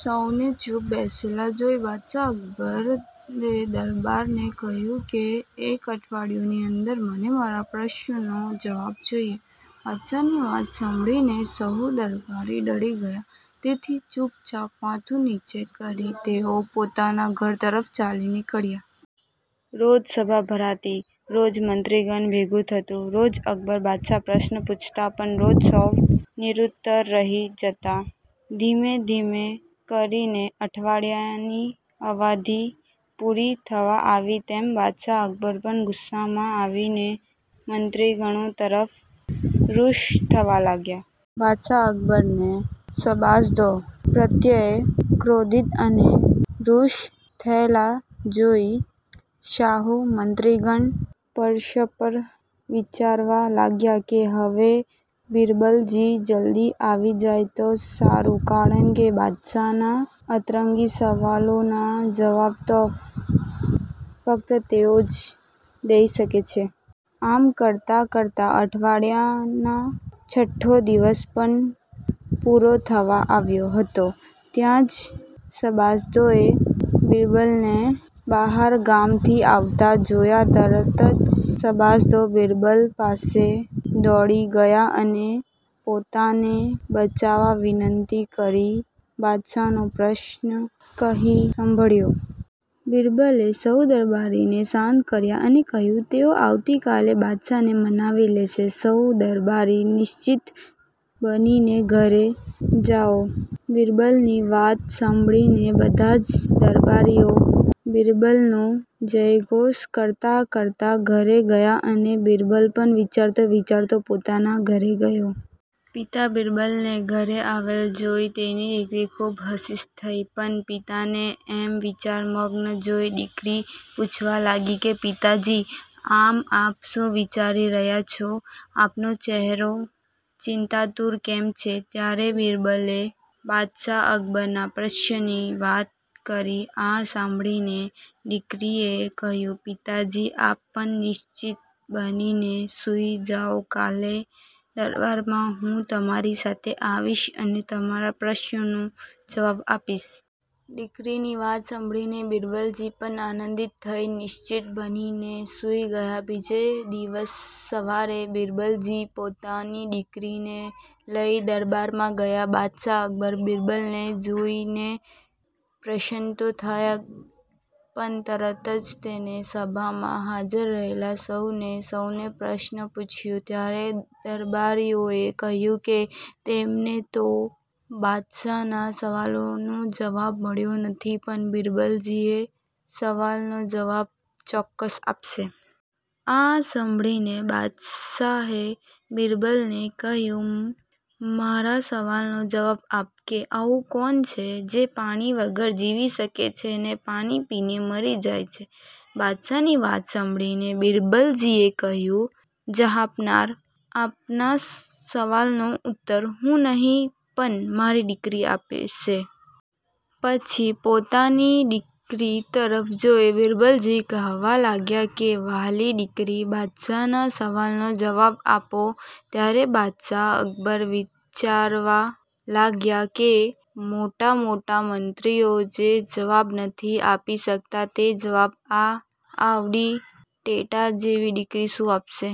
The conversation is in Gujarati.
સૌને ચૂપ બેસેલા જોઈ બાદશાહ અકબરે દરબારને કહ્યું કે એક અઠવાડિયાની અંદર મને મારા પ્રશ્નનો જવાબ જોઈએ. બાદશાહની વાત સાંભળીને સહુ દરબારી ડરી ગયાં તેથી ચૂપચાપ માથું નીચે કરી તેઓ પોતાના ઘર તરફ ચાલી નીકળ્યાં. રોજ સભા ભરાતી, રોજ મંત્રીગણ ભેગું થતું, રોજ અકબર બાદશાહ પ્રશ્ન પૂછતા પણ રોજ સૌ નિરુત્તર રહી જતાં. ધીમે ધીમે કરીને અઠવાડીયાની અવધિ પૂરી થવા આવી તેમ બાદશાહ અકબર પણ ગુસ્સામાં આવીને મંત્રીગણો તરફ રૂક્ષ થવા લાગ્યા. બાદશાહ અકબરને સભાસદો પ્રત્યે ક્રોધિત અને રૂક્ષ થયેલા જોઈ સહુ મંત્રીગણ પરસ્પર વિચારવા લાગ્યા કે હવે બિરબલજી જલ્દી આવી જાય તો સારું કારણ કે બાદશાહનાં અંતરંગી સવાલોનાં જવાબ તો ફક્ત તેઓ જ દઈ શકે છે. આમ કરતાં કરતાં અઠવાડીયાનાં છઠ્ઠો દિવસ પણ પૂરો થવા આવ્યો હતો ત્યાં જ સભાસદોએ બિરબલને બહારગામથી આવતા જોયા તરત જ સભાસદો બિરબલ પાસે દોડી ગયાં અને પોતાને બચાવવા વિનંતી કરી બાદશાહનો પ્રશ્ન કહી સાંભળ્યો બિરબલે સહુ દરબારીને શાંત કર્યા અને કહ્યું તેઓ આવતી કાલે બાદશાહને મનાવી લેશે સહુ દરબારી નચિંત બનીને ઘરે જાઓ. બિરબલની વાત સાંભળીને બધા જ દરબારીઑ બિરબલનો જયઘોષ કરતાં કરતાં ઘેર ગયાં અને બિરબલ પણ વિચારતો વિચારતો પોતાના ઘરે ગયો. પિતા બિરબલને ઘરે આવેલ જોઈ તેની દીકરી ખૂબ હર્ષિત થઈ પણ પિતાને આમ વિચારમગ્ન જોઈ દીકરી પૂછવા લાગી કે પિતાજી આમ આપ શું વિચારી રહ્યાં છો? આપનો ચહેરો ચિંતાતુર કેમ છે? ત્યારે બિરબલે બાદશાહ અકબરનાં પ્રશ્નની વાત કરી આ સાંભળીને દીકરીએ કહ્યું પિતાજી આપ પણ નચિંત બનીને સૂઈ જાવ કાલે દરબારમાં હું તમારી સાથે આવીશ અને તમારા પ્રશ્નનો જવાબ આપીશ. દીકરીની વાત સાંભળીને બિરબલજી પણ આનંદિત થઈ, નચિંત બની ને સૂઈ ગયાં. બીજે દિવસની સવારે બિરબલજી પોતાની દીકરીને લઈ દરબારમાં ગયાં. બાદશાહ અકબર બિરબલને જોઈને પ્રસન્ન તો થયા પણ તરત જ તેને સભામાં હાજર રહેલા સહુને સૌને પ્રશ્ન પૂછ્યો ત્યારે દરબારીઓએ કહ્યું કે તેમને તો બાદશાહનાં સવાલનો જવાબ મળ્યો નથી પણ બિરબલજી એ સવાલનો જવાબ ચોક્કસ આપશે. આ સાંભળીને બાદશાહે બિરબલને કહ્યું મારા સવાલનો જવાબ આપ કે એવું કોણ છે જે પાણી વગર જીવી શકે છે ને પાણી પીને મરી જાય છે? બાદશાહની વાત સાંભળીને બિરબલજીએ કહ્યું જહાંપનાહ આપના સવાલનો ઉત્તર હું નહીં પણ મારી દીકરી આપશે. પછી પોતાની દીકરી તરફ જોઈ બિરબલજી કહેવા લાગ્યાં કે વ્હાલી દીકરી બાદશાહનાં સવાલનો જવાબ આપો. ત્યારે બાદશાહ અકબર વિચારવા લાગ્યાં કે મોટા મોટા મંત્રીઑ જે જવાબ નથી આપી શકતાં તે જવાબ આ આવડી ટેટા જેવી દીકરી શું આપશે